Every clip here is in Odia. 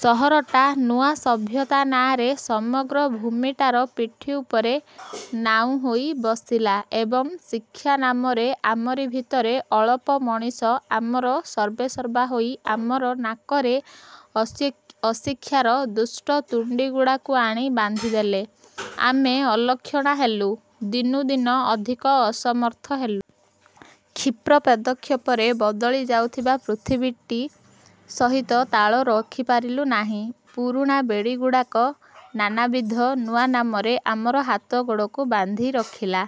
ସହରଟା ନୂଆ ସଭ୍ୟତା ନାଆଁରେ ସମଗ୍ର ଭୂମିଟାର ପିଠି ଉପରେ ନାଉ ହୋଇ ବସିଲା ଏବଂ ଶିକ୍ଷା ନାମରେ ଆମରି ଭିତରର ଅଳପ ମଣିଷ ଆମର ସର୍ବେସର୍ବା ହୋଇ ଆମ ନାକରେ ଅଶିକ୍ଷାର ଦୁଷ୍ଟ ତୁଣ୍ଡିଗୁଡ଼ାକୁ ଆଣି ବାନ୍ଧିଦେଲେ। ଆମେ ଅଲକ୍ଷଣା ହେଲୁ, ଦିନୁଦିନ ଅଧିକ ଅସମର୍ଥ ହେଲୁ। କ୍ଷିପ୍ର ପଦକ୍ଷେପରେ ବଦଳି ଯାଉଥିବା ପୃଥିବୀଟି ସହିତ ତାଳ ରଖିପାରିଲୁ ନାହିଁ। ପୁରୁଣା ବେଡ଼ିଗୁଡ଼ାକ ନାନାବିଧ ନୂଆ ନାମରେ ଆମର ହାତଗୋଡ଼କୁ ବାନ୍ଧି ରଖିଲା।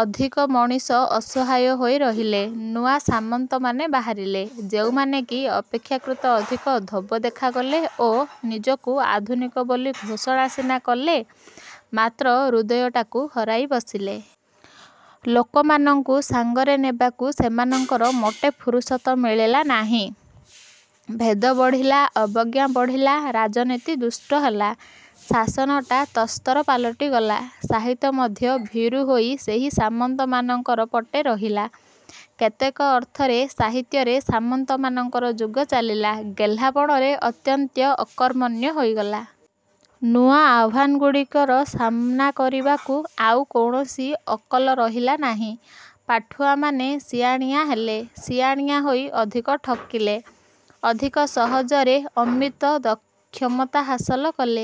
ଅଧିକ ମଣିଷ ଅସହାୟ ହୋଇରହିଲେ। ନୂଆ ସାମନ୍ତମାନେ ବାହାରିଲେ, ଯେଉଁମାନେ କି ଅପେକ୍ଷାକୃତ ଅଧିକ ଧୋବ ଦେଖାଗଲେ ଓ ନିଜକୁ ଆଧୁନିକ ବୋଲି ଘୋଷଣା ସିନା କଲେ, ମାତ୍ର ହୃଦୟଟାକୁ ହରାଇ ବସିଲେ। ଲୋକମାନଙ୍କୁ ସାଙ୍ଗରେ ନେବାକୁ ସେମାନଙ୍କୁ ମୋଟେ ଫୁରୁସତ ମିଳିଲା ନାହିଁ। ଭେଦ ବଢ଼ିଲା, ଅବଜ୍ଞା ବଢ଼ିଲା, ରାଜନୀତି ଦୁଷ୍ଟ ହେଲା, ଶାସନଟା ତସ୍କର ପାଲଟିଗଲା। ସାହିତ୍ୟ ମଧ୍ୟ ଭୀରୁ ହୋଇ ସେଇ ସାମନ୍ତମାନଙ୍କ ପଟେ ରହିଲା। କେତେକ ଅର୍ଥରେ ସାହିତ୍ୟରେ ସାମନ୍ତମାନଙ୍କର ଯୁଗ ଚାଲିଲା, ଗେହ୍ଲାପଣରେ ନିତାନ୍ତ ଅକର୍ମଣ୍ୟ ହୋଇଗଲା। ନୂଆ ଆହ୍ୱାନଗୁଡ଼ିକର ସାମନା କରିବାକୁ ଆଉ କୌଣସି ଅକଲ ରହିଲା ନାହିଁ। ପାଠୁଆମାନେ ସିଆଣିଆ ହେଲେ, ସିଆଣିଆ ହୋଇ ଅଧିକ ଠକିଲେ, ଅଧିକ ସହଜରେ ଅମିତ ଦଖ କ୍ଷମତା ହାସଲ କଲେ।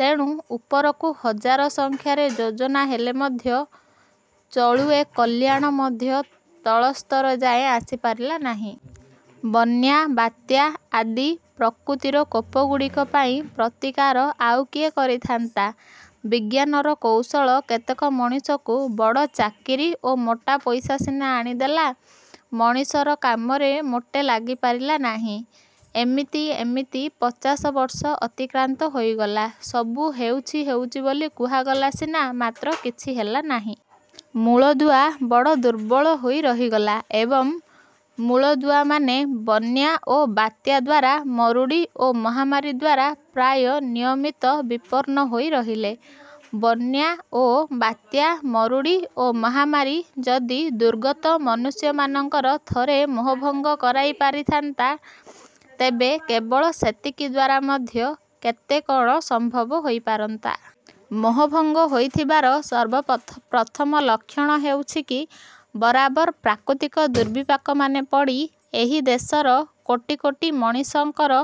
ତେଣୁ, ଉପରକୁ ହଜାର ସଂଖ୍ୟାରେ ଯୋଜନା ହେଲେ ମଧ୍ୟ ଚଳୁଏ କଲ୍ୟାଣ ମଧ୍ୟ ତଳସ୍ତର ଯାଏ ଆସିପାରିଲା ନାହିଁ। ବନ୍ୟା, ବାତ୍ୟା ଆଦି ପ୍ରକୃତିର କୋପଗୁଡ଼ିକ ପାଇଁ ପ୍ରତିକାର ଆଉ କିଏ କରିଥାନ୍ତା? ବିଜ୍ଞାନର କୌଶଳ କେତେକ ମଣିଷଙ୍କୁ ବଡ଼ ଚାକିରି ଓ ମୋଟା ପଇସା ସିନା ଆଣିଦେଲା, ମଣିଷର କାମରେ ମୋଟେ ଲାଗିପାରିଲା ନାହିଁ। ଏମିତି ଏମିତି ପଚାଶ ବର୍ଷ ଅତିକ୍ରାନ୍ତ ହୋଇଗଲା। ସବୁ ହେଉଚି ହେଉଚି ବୋଲି କୁହାଗଲା ସିନା, ମାତ୍ର କିଛି ହେଲାନାହିଁ। ମୂଳଦୁଆ ବଡ଼ ଦୁର୍ବଳ ହୋଇ ରହିଗଲା। ଏବଂ, ମୂଳଦୁଆମାନେ ବନ୍ୟା ଓ ବାତ୍ୟା ଦ୍ୱାରା, ମରୁଡ଼ି ଓ ମହାମାରୀ ଦ୍ୱାରା ପ୍ରାୟ ନିୟମିତ ବିପନ୍ନ ହୋଇ ରହିଲେ। ବନ୍ୟା ଓ ବାତ୍ୟା, ମରୁଡ଼ି ଓ ମହାମାରୀ ଯଦି ଦୁର୍ଗତ ମନୁଷ୍ୟମାନଙ୍କର ଥରେ ମୋହଭଙ୍ଗ କରାଇ ଦେଇପାରନ୍ତା, ତେବେ କେବଳ ସେତିକି ଦ୍ଵାରା ମଧ୍ୟ କେତେ କ'ଣ ସମ୍ଭବ ହୋଇପାରନ୍ତା। ମୋହଭଙ୍ଗ ହୋଇଥିବାର ସର୍ବପ୍ରଥ ପ୍ରଥମ ଲକ୍ଷଣ ହେଉଛି ଯେ ବରାବର ପ୍ରାକୃତିକ ଦୁର୍ବିପାକମାନେ ପଡ଼ି ଏହି ଦେଶର କୋଟି କୋଟି ମଣିଷଙ୍କର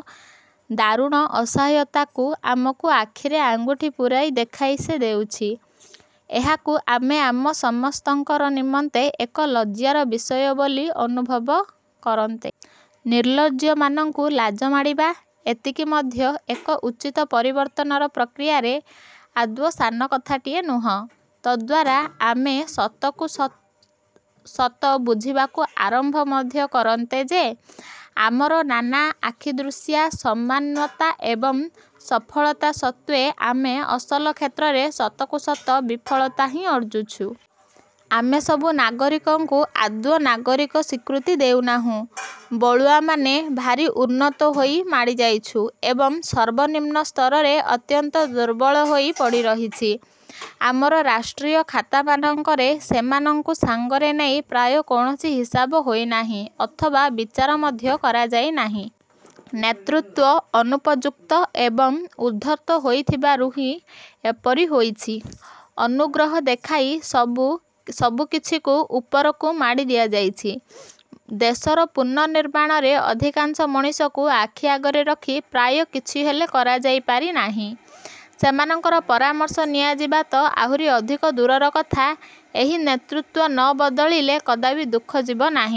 ଦାରୁଣ ଅସହାୟତାକୁ ଆମକୁ ଆଖିରେ ଆଙ୍ଗୁଠି ପୂରାଇ ଦେଖାଇ ଯେ ଦେଉଛି, ଏହାକୁ ଆମେ ଆମ ସମସ୍ତଙ୍କ ନିମନ୍ତେ ଏକ ଲଜ୍ଜାର ବିଷୟ ବୋଲି ଅନୁଭବ କରନ୍ତେ। ନିର୍ଲଜ୍ଜମାନଙ୍କୁ ଲାଜ ମାଡ଼ିବା, ଏତିକି ମଧ୍ୟ ଏକ ଉଚିତ ପରିବର୍ତ୍ତନର ପ୍ରକ୍ରିୟାରେ ଆଦୌ ସାନକଥାଟିଏ ନୁହେଁ। ତଦ୍ଦ୍ୱାରା ଆମେ ସତକୁ ସତ ବୁଝିବାକୁ ଆରମ୍ଭ ମଧ୍ୟ କରନ୍ତେ ଯେ ଆମର ନାନା ଆଖିଦୃଶିଆ ସମାନ୍ନତା ଏବଂ ସଫଳତା ସତ୍ତ୍ୱେ ଆମେ ଅସଲ କ୍ଷେତ୍ରରେ ସତକୁ ସତ ବିଫଳତା ହିଁ ଅର୍ଜିଛୁ। ଆମେ ସବୁ ନାଗରିକଙ୍କୁ ଆଦୌ ନାଗରିକ ସ୍ୱୀକୃତି ଦେଇନାହୁଁ। ବଳୁଆମାନେ ଭାରି ଉଦ୍ଧତ ହୋଇ ମାଡ଼ିଯାଇଛୁ ଏବଂ ସର୍ବନିମ୍ନ ସ୍ତରଟି ଅତ୍ୟନ୍ତ ଦୁର୍ବଳ ହୋଇ ପଡ଼ିରହିଛି। ଆମର ରାଷ୍ଟ୍ରୀୟ ଖାତାମାନଙ୍କରେ ସେମାନଙ୍କୁ ସାଙ୍ଗରେ ନେଇ ପ୍ରାୟ କୌଣସି ହିସାବ ହୋଇନାହିଁ ଅଥବା ବିଚାର ମଧ୍ୟ କରାଯାଇନାହିଁ। ନେତୃତ୍ୱ ଅନୁପଯୁକ୍ତ ଏବଂ ଉଦ୍ଧତ ହୋଇଥିବାରୁ ହିଁ ଏପରି ହୋଇଛି। ଅନୁଗ୍ରହ ଦେଖାଇ ସବୁ କିଛିକୁ ଉପରୁ ମାଡ଼ିଦିଆଯାଇଛି। ଦେଶର ପୁନନିର୍ମାଣରେ ଅଧିକାଂଶ ମଣିଷଙ୍କୁ ଆଖି ଆଗରେ ରଖି ପ୍ରାୟ କିଛି ହେଲେ କରାଯାଇନାହିଁ। ସେମାନଙ୍କ ପରାମର୍ଶ ନିଆଯିବା ତ ଆହୁରି ଅଧିକ ଦୂରର କଥା। ଏହି ନେତୃତ୍ୱ ନବଦଳିଲେ କଦାପି ଦୁଃଖ ଯିବନାହିଁ।